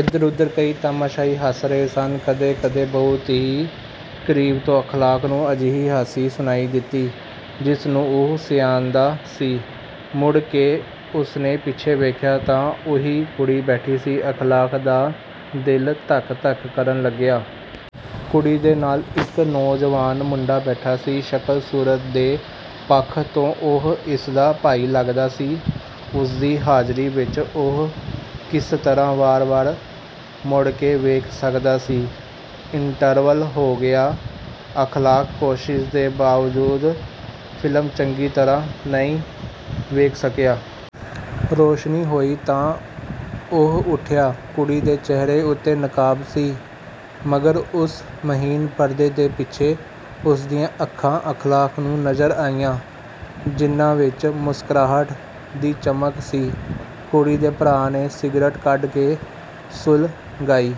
ਇੱਧਰ-ਉੱਧਰ ਕਈ ਤਮਾਸ਼ਾਈ ਹੱਸ ਰਹੇ ਸਨ। ਕਦੇ-ਕਦੇ ਬਹੁਤ ਹੀ ਕਰੀਬ ਤੋਂ ਅਖ਼ਲਾਕ ਨੂੰ ਅਜਿਹੀ ਹਾਸੀ ਸੁਣਾਈ ਦਿੱਤੀ ਜਿਸਨੂੰ ਉਹ ਸਿਆਣਦਾ ਸੀ। ਮੁੜ ਕੇ ਉਸਨੇ ਪਿੱਛੇ ਵੇਖਿਆ ਤਾਂ ਉਹੀ ਕੁੜੀ ਬੈਠੀ ਸੀ। ਅਖ਼ਲਾਕ ਦਾ ਦਿਲ ਧੱਕ-ਧੱਕ ਕਰਨ ਲੱਗਿਆ। ਕੁੜੀ ਦੇ ਨਾਲ ਇੱਕ ਨੌਜਵਾਨ ਮੁੰਡਾ ਬੈਠਾ ਸੀ। ਸ਼ਕਲ-ਸੂਰਤ ਦੇ ਪੱਖ ਤੋਂ ਉਹ ਇਸਦਾ ਭਾਈ ਲੱਗਦਾ ਸੀ। ਉਸਦੀ ਹਾਜ਼ਰੀ ਵਿੱਚ ਉਹ ਕਿਸ ਤਰ੍ਹਾਂ ਵਾਰ-ਵਾਰ ਮੁੜ ਕੇ ਵੇਖ ਸਕਦਾ ਸੀ। ਇੰਟਰਵਲ ਹੋ ਗਿਆ। ਅਖ਼ਲਾਕ ਕੋਸ਼ਿਸ਼ ਦੇ ਬਾਵਜੂਦ ਫਿਲਮ ਚੰਗੀ ਤਰ੍ਹਾਂ ਨਹੀਂ ਵੇਖ ਸਕਿਆ। ਰੋਸ਼ਨੀ ਹੋਈ ਤਾਂ ਉਹ ਉੱਠਿਆ। ਕੁੜੀ ਦੇ ਚਿਹਰੇ ਉੱਤੇ ਨਕਾਬ ਸੀ, ਮਗਰ ਉਸ ਮਹੀਨ ਪਰਦੇ ਦੇ ਪਿੱਛੇ ਉਸਦੀਆਂ ਅੱਖਾਂ ਅਖ਼ਲਾਕ ਨੂੰ ਨਜ਼ਰ ਆਈਆਂ, ਜਿਨ੍ਹਾਂ ਵਿੱਚ ਮੁਸਕੁਰਾਹਟ ਦੀ ਚਮਕ ਸੀ। ਕੁੜੀ ਦੇ ਭਰਾ ਨੇ ਸਿਗਰਟ ਕੱਢ ਕੇ ਸੁਲਗਾਈ।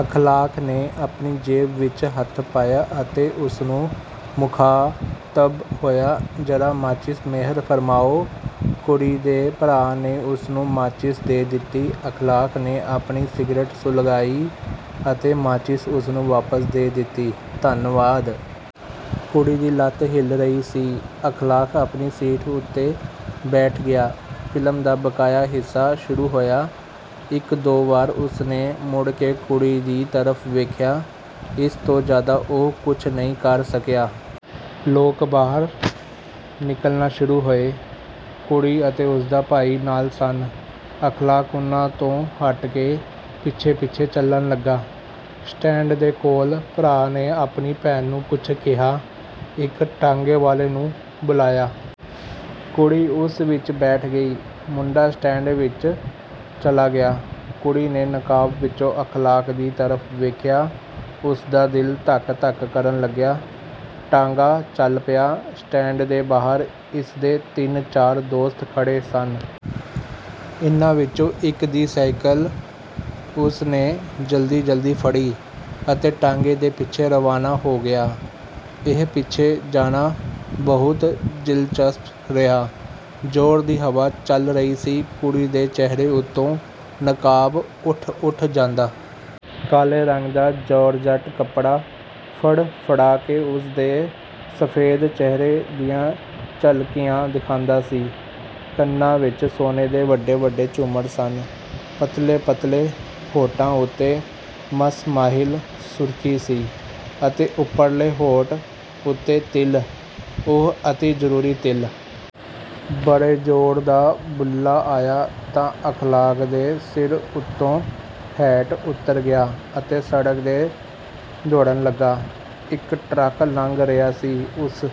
ਅਖ਼ਲਾਕ ਨੇ ਆਪਣੀ ਜੇਬ ਵਿੱਚ ਹੱਥ ਪਾਇਆ ਅਤੇ ਉਸਨੂੰ ਮੁਖ਼ਾਤਬ ਹੋਇਆ, "ਜਰਾ ਮਾਚਿਸ ਮਿਹਰ ਫ਼ਰਮਾਓ।" ਕੁੜੀ ਦੇ ਭਰਾ ਨੇ ਉਸਨੂੰ ਮਾਚਿਸ ਦੇ ਦਿੱਤੀ। ਅਖ਼ਲਾਕ ਨੇ ਆਪਣੀ ਸਿਗਰਟ ਸੁਲਗਾਈ ਅਤੇ ਮਾਚਿਸ ਉਸਨੂੰ ਵਾਪਸ ਦੇ ਦਿੱਤੀ, "ਧੰਨਵਾਦ।" ਕੁੜੀ ਦੀ ਲੱਤ ਹਿੱਲ ਰਹੀ ਸੀ। ਅਖ਼ਲਾਕ ਆਪਣੀ ਸੀਟ ਉੱਤੇ ਬੈਠ ਗਿਆ। ਫਿਲਮ ਦਾ ਬਕਾਇਆ ਹਿੱਸਾ ਸ਼ੁਰੂ ਹੋਇਆ। ਇੱਕ-ਦੋ ਵਾਰ ਉਸਨੇ ਮੁੜ ਕੇ ਕੁੜੀ ਦੀ ਤਰਫ਼ ਵੇਖਿਆ। ਇਸ ਤੋਂ ਜ਼ਿਆਦਾ ਉਹ ਕੁੱਝ ਨਹੀਂ ਕਰ ਸਕਿਆ। ਲੋਕ ਬਾਹਰ ਨਿਕਲਣਾ ਸ਼ੁਰੂ ਹੋਏ। ਕੁੜੀ ਅਤੇ ਉਸਦਾ ਭਾਈ ਨਾਲ ਸਨ। ਅਖ਼ਲਾਕ ਉਨ੍ਹਾਂ ਤੋਂ ਹੱਟ ਕੇ ਪਿੱਛੇ-ਪਿੱਛੇ ਚਲਣ ਲੱਗਾ। ਸਟੈਂਡ ਦੇ ਕੋਲ ਭਰਾ ਨੇ ਆਪਣੀ ਭੈਣ ਨੂੰ ਕੁੱਝ ਕਿਹਾ। ਇੱਕ ਟਾਂਗੇ ਵਾਲੇ ਨੂੰ ਬੁਲਾਇਆ। ਕੁੜੀ ਉਸ ਵਿੱਚ ਬੈਠ ਗਈ। ਮੁੰਡਾ ਸਟੈਂਡ ਵਿੱਚ ਚਲਾ ਗਿਆ। ਕੁੜੀ ਨੇ ਨਕਾਬ ਵਿੱਚੋਂ ਅਖ਼ਲਾਕ ਦੀ ਤਰਫ਼ ਵੇਖਿਆ। ਉਸਦਾ ਦਿਲ ਧੱਕ-ਧੱਕ ਕਰਨ ਲੱਗਾ। ਟਾਂਗਾ ਚੱਲ ਪਿਆ। ਸਟੈਂਡ ਦੇ ਬਾਹਰ ਇਸਦੇ ਤਿੰਨ-ਚਾਰ ਦੋਸਤ ਖੜ੍ਹੇ ਸਨ। ਇਹਨਾਂ ਵਿੱਚੋਂ ਇੱਕ ਦੀ ਸਾਈਕਲ ਉਸਨੇ ਜਲਦੀ-ਜਲਦੀ ਫੜੀ ਅਤੇ ਟਾਂਗੇ ਦੇ ਪਿੱਛੇ ਰਵਾਨਾ ਹੋ ਗਿਆ। ਇਹ ਪਿੱਛੇ ਜਾਣਾ ਬਹੁਤ ਦਿਲਚਸਪ ਰਿਹਾ। ਜ਼ੋਰ ਦੀ ਹਵਾ ਚੱਲ ਰਹੀ ਸੀ। ਕੁੜੀ ਦੇ ਚਿਹਰੇ ਉੱਤੋਂ ਨਕਾਬ ਉੱਠ-ਉੱਠ ਜਾਂਦਾ। ਕਾਲੇ ਰੰਗ ਦਾ ਜਾਰਜਟ ਕੱਪੜਾ ਫੜਫੜਾ ਕੇ ਉਸਦੇ ਸਫੈਦ ਚਿਹਰੇ ਦੀਆਂ ਝਲਕੀਆਂ ਦਿਖਾਂਦਾ ਸੀ। ਕੰਨਾਂ ਵਿੱਚ ਸੋਨੇ ਦੇ ਵੱਡੇ-ਵੱਡੇ ਝੂਮਰ ਸਨ। ਪਤਲੇ-ਪਤਲੇ ਹੋਠਾਂ ਉੱਤੇ ਮੱਸ-ਮਾਇਲ ਸੁਰਖੀ ਸੀ ਅਤੇ ਉਪਰਲੇ ਹੋਠ ਉੱਤੇ ਤਿਲ, ਉਹ ਅਤਿ ਜ਼ਰੂਰੀ ਤਿਲ। ਬੜੇ ਜ਼ੋਰ ਦਾ ਬੁੱਲਾ ਆਇਆ ਤਾਂ ਅਖ਼ਲਾਕ ਦੇ ਸਿਰ ਉੱਤੋਂ ਹੈਟ ਉੱਤਰ ਗਿਆ ਅਤੇ ਸੜਕ ਤੇ ਦੌੜਨ ਲੱਗਾ। ਇੱਕ ਟਰੱਕ ਲੰਘ ਰਿਹਾ ਸੀ। ਉਸ